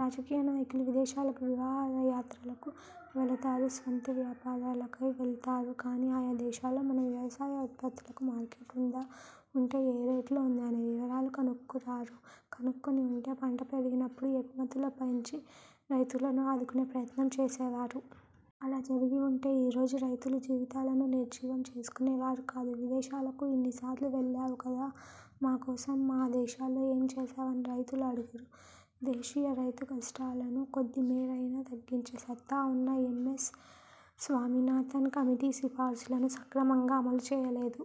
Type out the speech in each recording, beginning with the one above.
రాజకీయనాయకులు విదేశాలకు విహార యాత్రలకు వెళతారు, స్వంత వ్యాపారాలకై వెళతారు, కానీ ఆయా దేశాల్లో మన వ్యవసాయ ఉత్పత్తులకు మార్కెట్ ఉందా, ఉంటే ఏ రేటులో ఉంది అనే వివరాలు కనుక్కురారు, కనుక్కుని ఉంటే పంట పెరిగినపుడు ఎగుమతులు పెంచి రైతులను ఆదుకునే ప్రయత్నం చేసేవారు. అలా జరిగిఉంటే ఈ రోజు రైతులు జీవితాలను నిర్జీవం చేసుకునేవారు కాదు. విదేశాలకు ఇన్ని సార్లు వెళ్లావు కదా, మాకోసం ఆ విదేశాల్లో ఏమి చేశావని రైతులు అడగరు. దేశీయ రైతు కష్టాలను కొద్ది మేరయినా తగ్గించే సత్తా ఉన్న ఎం. ఎస్. స్వామినాథన్ కమిటీ సిఫార్సులను సక్రమంగా అమలుచేయలేదు.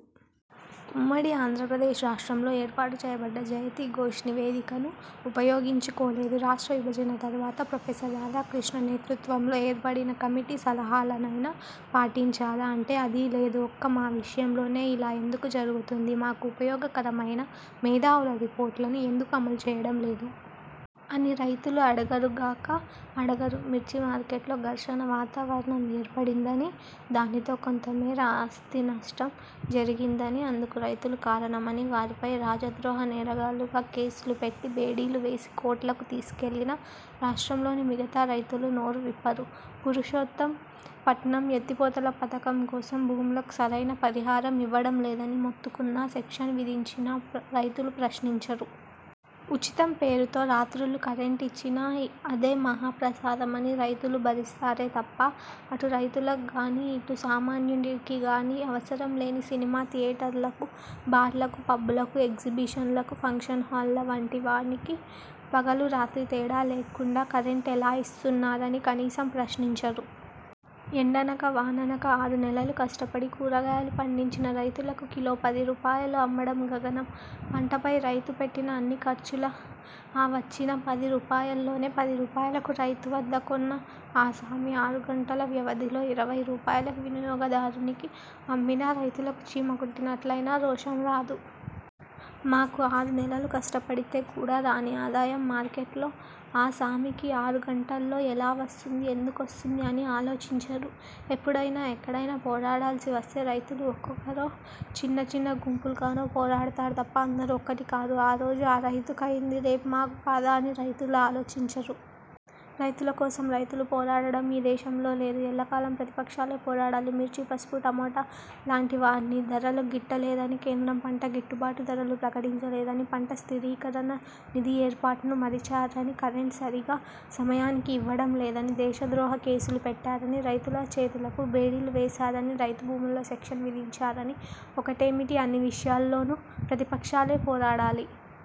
ఉమ్మడి ఆంధ్రప్రదేశ్ రాష్ట్రంలో ఏర్పాటు చేయబడ్డ జయతి ఘోష్ నివేదికను ఉపయోగించుకోలేదు. రాష్ట్ర విభజన తర్వాత, ప్రొ. రాధాకృష్ణ నేతృత్వంలో ఏర్పడిన కమిటీ సలహాలనైనా పాటించారా అంటే అదీలేదు. ఒక్క మా విషయంలోనే ఇలా ఎందుకు జరుగుతూందీ? మాకు ఉపయోగకరమైన మేధావుల రిపోర్టులను ఎందుకు అమలు చేయడం లేదూ? అని రైతులు అడగరుగాక అడగరు. మిర్చి మార్కెట్లో ఘర్షణ వాతావరణం ఏర్పడిందనీ, దానితో కొంతమేర ఆస్తినష్టం జరిగిందని, అందుకు రైతులు కారణమని, వారిపై రాజద్రోహ నేరగాళ్ళుగా కేసులు పెట్టి, బేడీలు వేసి కోర్టులకు తీసికెళ్ళినా రాష్ట్రంలోని మిగతా రైతులు నోరువిప్పరు. పురుషోత్తం పట్నం ఎత్తిపోతల పథకం కోసం భూములకు సరైన పరిహారం ఇవ్వడం లేదని మొత్తుకున్నా, సెక్షన్ విదించినా రైతులు ప్రశ్నించరు. ఉచితం పేరుతో రాత్రుళ్ళు కరెంట్ ఇచ్చినా అదే మహా ప్రసాదమని రైతులు భరిస్తారే తప్పా, అటు రైతులకుగానీ ఇటు సామాన్యుడికిగానీ అవసరం లేని సినిమా థియేటర్లకు, బార్లకు, పబ్బులకు, ఎగ్జిబిషన్లకు, పంక్షన్ హాళ్ళ వంటి వానికి పగలు రాత్రి తేడా లేకుండా కరెంట్ ఎలా ఇస్తున్నారని కనీసం ప్రశ్నించరు. ఎండనక, వాననక ఆరు నెలలు కష్టపడి కూరగాయాలు పండించిన రైతులకు కిలో పది రూపాయలు అమ్మడం గగనం. పంటపై రైతు పెట్టిన అన్ని ఖర్చులు ఆ వచ్చిన పది రూపాయల్లోనే. పది రూపాయలకు రైతు వద్ద కొన్న ఆసామి ఆరు గంటల వ్యవధిలో ఇరవై రూపాయలకు వినియోగదారునికి అమ్మినా రైతులకు చీమ కుట్టినట్లయినా రోషం రాదు. మాకు ఆరు నెలలు కష్టపడితే కూడా రాని ఆదాయం, మార్కెట్లో ఆసామికి ఆరు గంటల్లో ఎలా వస్తుందీ, ఎందుకొస్తుందీ అని ఆలోచించరు. ఎప్పుడయినా, ఎక్కడయినా పోరాడాల్సి వస్తే రైతులు ఒక్కొక్కరో, చిన్న చిన్న గుంపులు గానో పోరాడతారు తప్ప అందరూ ఒక్కటి కారు. ఈ రోజు ఆ రైతుకయింది, రేపు మాకు కాదా అని రైతులు ఆలోచించరు. రైతులకోసం రైతులు పోరాడడం ఈ దేశంలో లేదు. ఎల్లకాలం ప్రతిపక్షాలే పోరాడాలి. మిర్చి, పసుపు, టమోటా లాంటి వాని ధరలు గిట్టలేదని, కేంద్రం పంట గిట్టుబాటు ధరలు ప్రకటించలేదని, పంట స్థిరీకరణ నిధి ఏర్పాటును మరిచారనీ, కరెంట్ సరిగా సమయానికి ఇవ్వడం లేదని, దేశ ద్రోహ కేసులు పెట్టారని, రైతుల చేతులకు బేడీలు వేసారని, రైతు భూముల్లో సెక్షన్ విధించారని ఒకటేమిటి అన్ని విషయాల్లోనూ ప్రతిపక్షాలే పోరాడాలి.